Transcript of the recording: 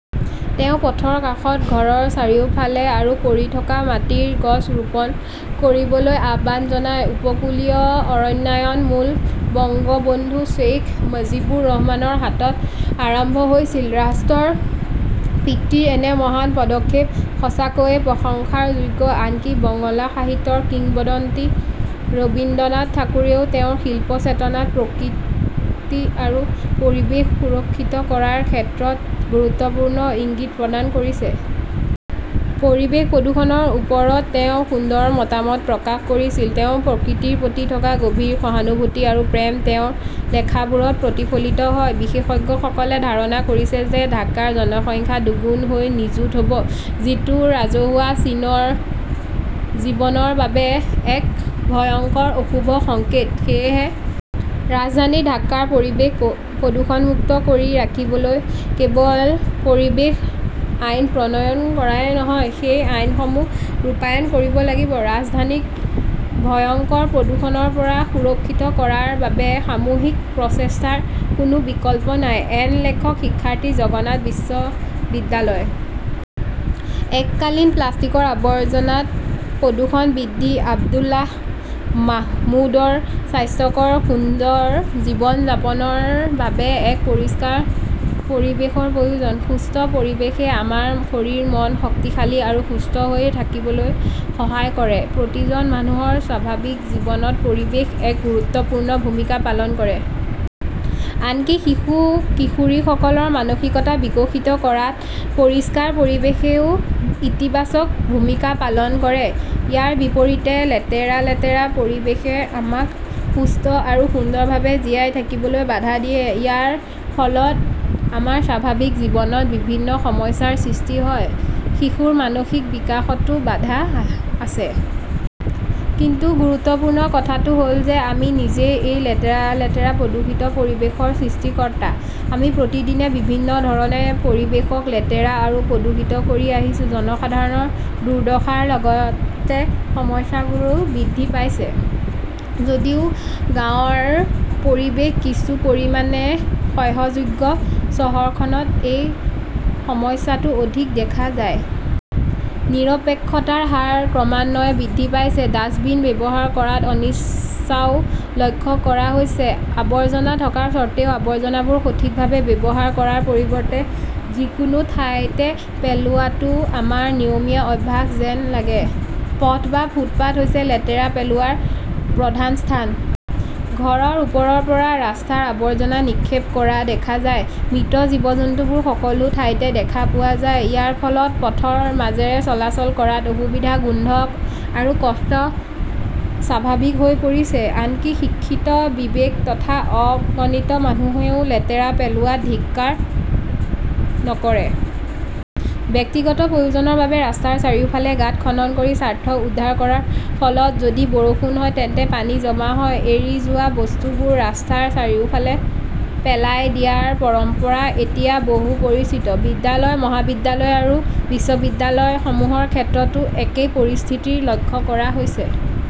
তেওঁ পথৰ কাষত, ঘৰৰ চাৰিওফালে আৰু পৰি থকা মাটিত গছ ৰোপণ কৰিবলৈ আহ্বান জনায়। উপকূলীয় অৰণ্যায়ন মূলত বংগবন্ধু শ্বেইখ মুজিবুৰ ৰহমানৰ হাতত আৰম্ভ হৈছিল। ৰাষ্ট্ৰৰ পিতৃৰ এনে মহান পদক্ষেপ সঁচাকৈয়ে প্ৰশংসাৰ যোগ্য। আনকি বংলা সাহিত্যৰ কিংবদন্তি ৰবীন্দ্ৰনাথ ঠাকুৰেও তেওঁৰ শিল্প চেতনাত প্ৰকৃতি আৰু পৰিৱেশ সুৰক্ষিত কৰাৰ ক্ষেত্ৰত গুৰুত্বপূৰ্ণ ইংগিত প্ৰদান কৰিছে। পৰিৱেশ প্ৰদূষণৰ ওপৰত তেওঁ সুন্দৰ মতামত প্ৰকাশ কৰিছিল। তেওঁৰ প্ৰকৃতিৰ প্ৰতি থকা গভীৰ সহানুভূতি আৰু প্ৰেম তেওঁৰ লেখাবোৰত প্ৰতিফলিত হয়। বিশেষজ্ঞসকলে ধাৰণা কৰিছে যে, ঢাকাৰ জনসংখ্যা দুগুণ হৈ নিযুত হ 'ব যিটো ৰাজহুৱা জীৱনৰ বাবে এক ভয়ংকৰ অশুভ সংকেত। সেয়েহে ৰাজধানী ঢাকাৰ পৰিৱেশ প্ৰদূষণমুক্ত কৰি ৰাখিবলৈ কেৱল পৰিৱেশ আইন প্ৰণয়ন কৰাই নহয়, সেই আইনসমূহ ৰূপায়ণ কৰিব লাগিব। ৰাজধানীক ভয়ংকৰ প্ৰদূষণৰ পৰা সুৰক্ষিত কৰাৰ বাবে সামূহিক প্ৰচেষ্টাৰ কোনো বিকল্প নাই। এন লেখক শিক্ষাৰ্থী জগন্নাথ বিশ্ববিদ্যালয়। এককালীন প্লাষ্টিকৰ আৱৰ্জনাত প্ৰদূষণ বৃদ্ধি আব্দুল্লাহ মাহমুদৰ স্বাস্থ্যকৰ সুন্দৰ জীৱন যাপনৰ বাবে এক পৰিষ্কাৰ পৰিৱেশৰ প্ৰয়োজন। সুন্দৰ পৰিৱেশে আমাৰ শৰীৰ-মন শক্তিশালী আৰু সুস্থ হৈ থাকিবলৈ সহায় কৰে। প্ৰতিজন মানুহৰ স্বাভাৱিক জীৱনত পৰিৱেশে এক গুৰুত্বপূৰ্ণ ভূমিকা পালন কৰে। আনকি শিশু-কিশোৰীসকলৰ মানসিকতা বিকশিত কৰাত পৰিষ্কাৰ পৰিৱেশেও ইতিবাচক ভূমিকা পালন কৰে। ইয়াৰ বিপৰীতে, লেতেৰা-লেতেৰা পৰিৱেশে আমাক সুস্থ আৰু সুন্দৰভাৱে জীয়াই থাকিবলৈ বাধা দিয়ে। ইয়াৰ ফলত আমাৰ স্বাভাৱিক জীৱনত বিভিন্ন সমস্যাৰ সৃষ্টি হয়। শিশুৰ মানসিক বিকাশতো বাধা আছে। কিন্তু গুৰুত্বপূৰ্ণ কথাটো হ 'ল যে আমি নিজেই এই লেতেৰা-লেতেৰা প্ৰদূষিত পৰিৱেশৰ সৃষ্টিকৰ্তা। আমি প্ৰতিদিনে বিভিন্ন ধৰণে পৰিৱেশক লেতেৰা আৰু প্ৰদূষিত কৰি আহিছো। জনসাধাৰণৰ দুৰ্দশাৰ লগতে সমস্যাবোৰো বৃদ্ধি পাইছে। যদিও গাঁৱৰ পৰিৱেশ কিছু পৰিমাণে সহ্যযোগ্য, চহৰখনত এই সমস্যাটো অধিক দেখা যায়। নিৰপেক্ষতাৰ হাৰ ক্ৰমান্বয়ে বৃদ্ধি পাইছে। ডাস্টবিন ব্যৱহাৰ কৰাত অনিচ্ছাও লক্ষ্য কৰা হৈছে। আৱৰ্জনা থকা স্বত্বেও, আৱৰ্জনাবোৰ সঠিকভাৱে ব্যৱহাৰ কৰাৰ পৰিৱৰ্তে যিকোনো ঠাইতে পেলোৱাটো আমাৰ নিয়মীয়া অভ্যাস যেন লাগে। পথ বা ফুটপাত হৈছে লেতেৰা পেলোৱাৰ প্ৰধান স্থান। ঘৰৰ ওপৰৰ পৰা ৰাস্তাৰ আৱৰ্জনা নিক্ষেপ কৰা দেখা যায়। মৃত জীৱ-জন্তুবোৰ সকলো ঠাইতে দেখা পোৱা যায়। ইয়াৰ ফলত পথৰ মাজেৰে চলাচল কৰাত অসুবিধা, গোন্ধ আৰু কষ্ট স্বাভাৱিক হৈ পৰিছে। আনকি শিক্ষিত বিবেক থকা অগণিত মানুহেও লেতেৰা পেলোৱাত ধিক্কাৰ নকৰে। ব্যক্তিগত প্ৰয়োজনৰ বাবে ৰাস্তাৰ চাৰিওফালে গাঁত খনন কৰি স্বাৰ্থ উদ্ধাৰ কৰাৰ ফলত যদি বৰষুণ হয় তেন্তে পানী জমা হয়। এৰি যোৱা বস্তুবোৰ ৰাস্তাৰ চাৰিওফালে পেলাই দিয়াৰ পৰম্পৰা এতিয়া বহু পৰিচিত। বিদ্যালয়, মহাবিদ্যালয় আৰু বিশ্ববিদ্যালয়সমূহৰ ক্ষেত্ৰতো একেই পৰিস্থিতি লক্ষ্য কৰা হৈছে।